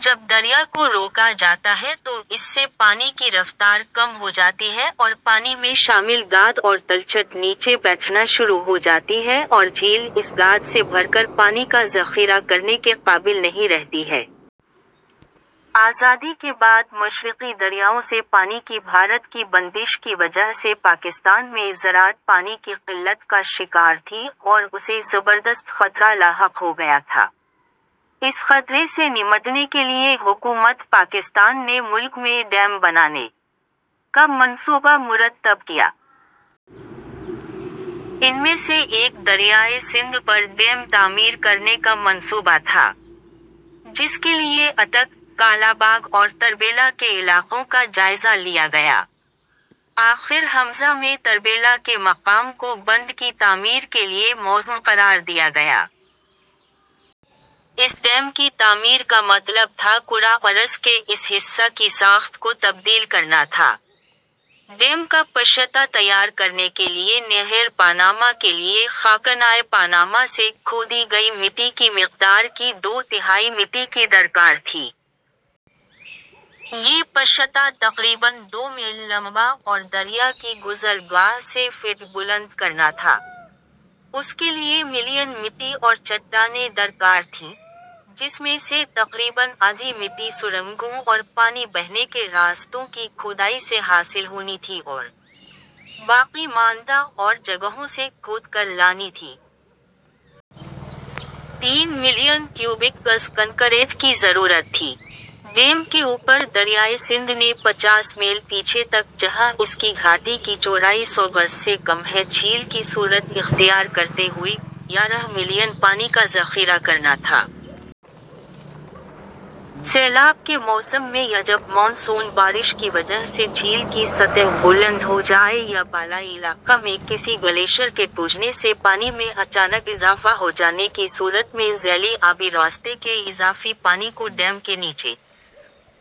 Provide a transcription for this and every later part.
جب دریا کو روکا جاتا ہے تو اس سے پانی کی رفتار کم ہوجاتی ہے اور پانی میں شامل گاد اور تلچھٹ نیچے بیٹھنا شروع ہوجاتی ہے اور جھیل اس گاد سے بھر کر پانی کا ذخیرہ کرنے کے قابل نہیں رہتی ہے۔ آزادی کے بعد مشرقی دریاؤں سے پانی کی بھارت کی بندش کی وجہ سے پاکستان میں زراعت پانی کی قلت کا شکار تھی اور اسے زبردست خطرہ لاحق ہو گیا تھا۔ اس خطرے سے نمٹنے کے لیے حکومت پاکستان نے ملک میں ڈیم بنانے کا منصوبہ مرتب کیا۔ ان میں سے ایک دریائے سندھ پر ڈیم تعمیر کرنے کا منصوبہ تھا۔ جس کے لیے اٹک، کالاباغ اور تربیلا کے علاقوں کا جائزہ لیا گیا۔ آخر ء میں تربیلا کے مقام کو بند کی تعمیر کے لیے موزوں قرار دیا گیا۔ اس ڈیم کی تعمیر کا مطلب تھا کرہ ارض کے اس حصہ کی ساخت کو تبدیل کرنا تھا۔ ڈیم کا پشتہ تیار کرنے کے لیے نہر پانامہ کے لیے خاکنائے پانامہ سے کھودی گئی مٹی کی مقدار کی دو تہائی مٹی کی درکار تھی۔ یہ پشتہ تقریباً دو میل لمبا اور دریا کی گذر گاہ سے فٹ بلند کرنا تھا۔ اس کے لیے ملین مٹی اور چٹانیں درکار تھیں۔ جس میں سے تقریباً آدھی مٹی سرنگوں اور پانی بہنے کے راستوں کی کھودائی سے حاصل ہونی تھی اور باقی ماندہ اور جگہوں سے کھود کر لانی تھی۔ تین ملین کیوبک گز کنکریٹ کی ضرورت تھی۔ ڈیم کے اوپر دریائے سندھ نے پچاس میل پیچھے تک جہاں اس کی گھاٹی کی چورائی سو گز سے کم ہے جھیل کی صورت اختیار کرتے ہوئے گیارہ ملین پانی کا ذخیرہ کرنا تھا۔ سیلاب کے موسم میں یا جب مون سون بارش کی وجہ سے جھیل کی سطح بلند ہوجائے یا بالائی علاقہ میں کسی گلیشر کے ٹوٹنے سے پانی میں اچانک اضافہ ہوجانے کی صورت میں ذیلی آبی راستے کے اضافی پانی کو ڈیم کے نیچے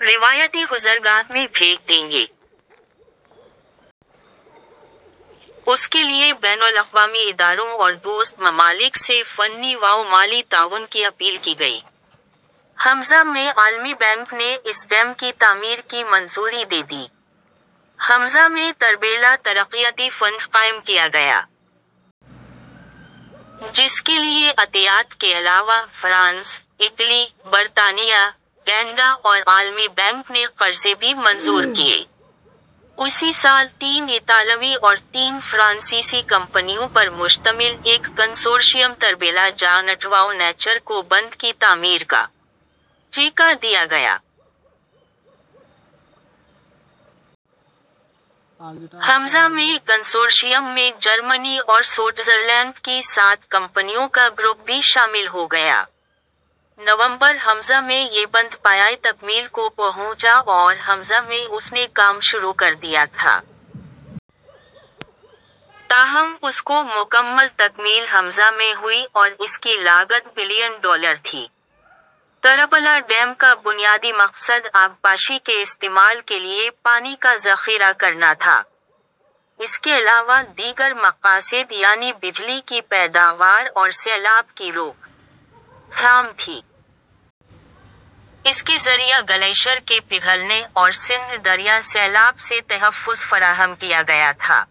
روایتی گزرگاہ میں پھینک دیں گے۔ اس کے لیے بین الاقوامی اداروں اور دوست ممالک سے فنی و مالی تعاون کی اپیل کی گئی۔ ء میں عالمی بینک نے اس ڈیم کی تعمیر کی منظوری دے دی۔ ء میں تربیلا ترقیاتی فنڈ قائم کیا گیا۔ جس کے لیے عطیات کے علاوہ فرانس، اٹلی، برطانیہ، کینڈا اور عالمی بینک نے قرضے بھی منظور کیے۔ اسی سال تین اطالوی اور تین فرانسیسی کمپنیوں پر مشتمل ایک consortium Tarbela joint venture کو بند کی تعمیر کا ٹھیکا دیا گیا۔ ء میں کنسورشیم میں جرمنی اور سوءٹزرلینڈ کی سات کمپنیوں کا گروپ بھی شامل ہو گیا۔ نومبر ء میں یہ بند پایہَ تکمیل کو پہنچا اور ء میں اس نے کام شروع کر دیا تھا۔ تاہم اس کو مکمل تکمیل ء میں ہوئی اور اس کی لاگت بلین ڈالر تھی۔ تربلا ڈیم کا بنیادی مقصد آبپاشی کے استعمال کے لیے پانی کا ذخیرہ کرنا تھا۔ اس کے علاوہ دیگر مقاصد یعنی بجلی کی پیداوار اور سیلاب کی روک تھام تھی۔ اس کے ذریعہ گلیشر کے پگھلنے اور سندھ دریا سیلاب سے تحفظ فراہم کیا گیا تھا۔